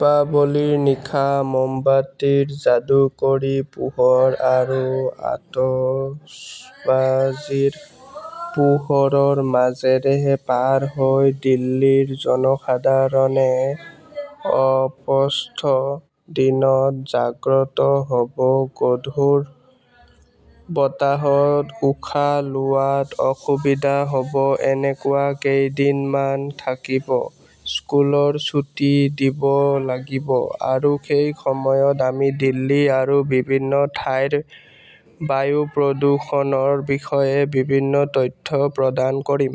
দীপাৱলীৰ নিশা মমবাতিৰ যাদুকৰী পোহৰ আৰু আতচবাজীৰ পোহৰৰ মাজেৰে পাৰ হৈ দিল্লীৰ জনসাধাৰণে অস্পষ্ট দিনত জাগ্ৰত হ'ব, গধুৰ বতাহত উশাহ লোৱাত অসুবিধা হ' ব। এনেকুৱা কেইদিনমান থাকিব, স্কুলৰ ছুটী দিব লাগিব, আৰু সেই সময়ত আমি দিল্লী আৰু বিভিন্ন ঠাইৰ বায়ু প্ৰদূষণৰ বিষয়ে বিভিন্ন তথ্য প্ৰদান কৰিম।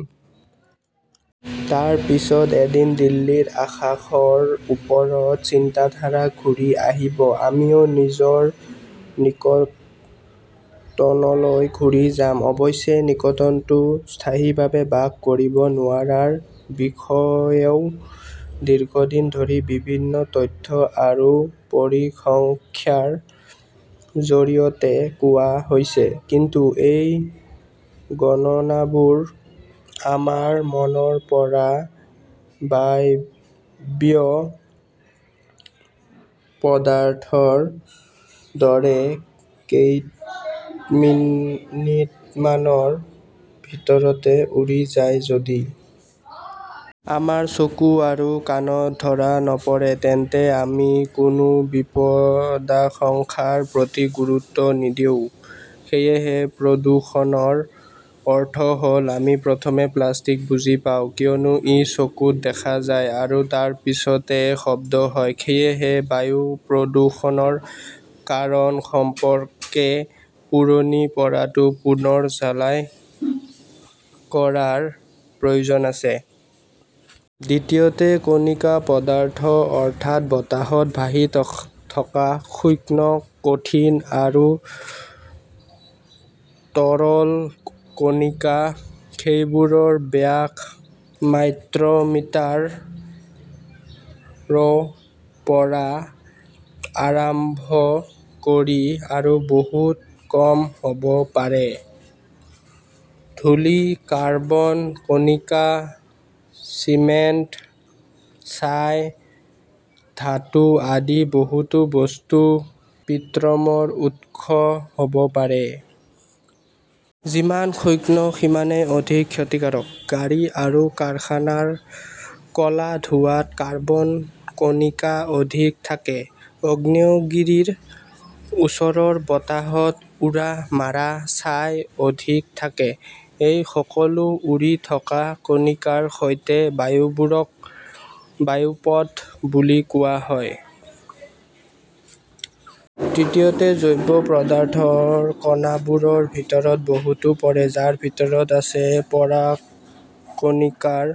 তাৰ পিছত এদিন দিল্লীৰ আকাশৰ ওপৰত চিন্তাধাৰা ঘূৰি আহিব, আমিও নিজৰ নিকেতনলৈ ঘূৰি যাম। অৱশ্যে, নিকেতনতো স্থায়ীভাৱে বাস কৰিব নোৱাৰাৰ বিষয়েও দীৰ্ঘদিন ধৰি বিভিন্ন তথ্য আৰু পৰিসংখ্যাৰ জৰিয়তে কোৱা হৈছে। কিন্তু এই গণনাবোৰ আমাৰ মনৰ পৰা বায়বীয় পদাৰ্থৰ দৰে কেইমিনিটমানৰ ভিতৰতে উৰি যায়। যদি আমাৰ চকু আৰু কাণত ধৰা নপৰে তেন্তে আমি কোনো বিপদাশংকাৰ প্ৰতি গুৰুত্ব নিদিওঁ। সেয়েহে প্ৰদূষণৰ অৰ্থ হ'ল আমি প্ৰথমে প্লাষ্টিক বুজি পাওঁ, কিয়নো ই চকুত দেখা যায়, আৰু তাৰ পিছতে শব্দ হয়। সেয়েহে বায়ু প্ৰদূষণৰ কাৰণ সম্পৰ্কে পুৰণি পঢ়াটো পুনৰ ঝালাই কৰাৰ প্ৰয়োজন আছে। দ্বিতীয়তে, কণিকা পদাৰ্থ -অৰ্থাৎ বতাহত ভাহি থকা সূক্ষ্ম কঠিন আৰু তৰল কণিকা। সেইবোৰৰ ব্যাস মাইক্ৰ'মিটাৰ ৰ পৰা আৰম্ভ কৰি আৰু বহুত কম হ'ব পাৰে। ধূলি, কাৰ্বন কণিকা, চিমেণ্ট, ছাই, ধাতু আদি বহুতো বস্তু পিএমৰ উৎস হ 'ব পাৰে। যিমান সূক্ষ্ম সিমানেই অধিক ক্ষতিকাৰক। গাড়ী আৰু কাৰখানাৰ ক 'লা ধোঁৱাত কাৰ্বন-কণিকা অধিক থাকে, আগ্নেয়গিৰিৰ ওচৰৰ বতাহত উৰা মাৰা ছাই অধিক থাকে। এই সকলো উৰি থকা কণিকাৰ সৈতে বায়ুবোৰক বায়ুপথ বুলি কোৱা হয়। তৃতীয়তে, জৈৱ পদাৰ্থৰ কণাবোৰৰ ভিতৰত বহুতো পৰে যাৰ ভিতৰত আছে পৰাগকণিকাৰ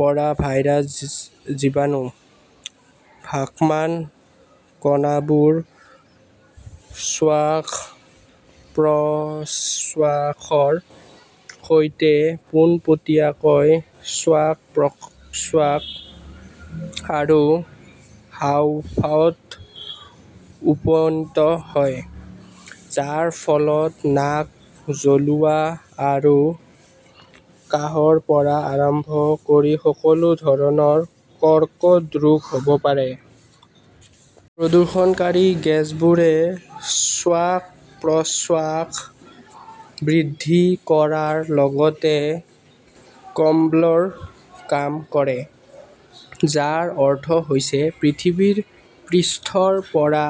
পৰা ভাইৰাছ, জীৱাণু। ভাসমান কণাবোৰ শ্বাস-প্ৰশ্বাসৰ সৈতে পোনপটীয়াকৈ শ্বাস-প্ৰশ্বাস আৰু হাঁওফাঁওত উপনীত হয়, যাৰ ফলত নাক জ্বলোৱা আৰু কাহৰ পৰা আৰম্ভ কৰি সকলো ধৰণৰ কৰ্কট ৰোগ হ'ব পাৰে। প্ৰদূষণকাৰী গেছবোৰে শ্বাস-প্ৰশ্বাস বৃদ্ধি কৰাৰ লগতে কম্বলৰ কাম কৰে, যাৰ অৰ্থ হৈছে পৃথিৱীৰ পৃষ্ঠৰ পৰা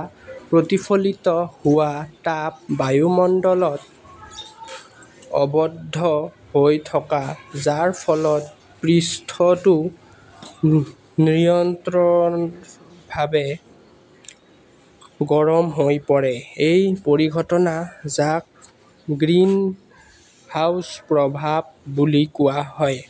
প্ৰতিফলিত হোৱা তাপ বায়ুমণ্ডলত আবদ্ধ হৈ থাকে, যাৰ ফলত পৃষ্ঠটো নিৰন্তৰভাৱে গৰম হৈ পৰে, এক পৰিঘটনা যাক 'গ্ৰীণহাউছ প্ৰভাৱ' বুলি কোৱা হয় ।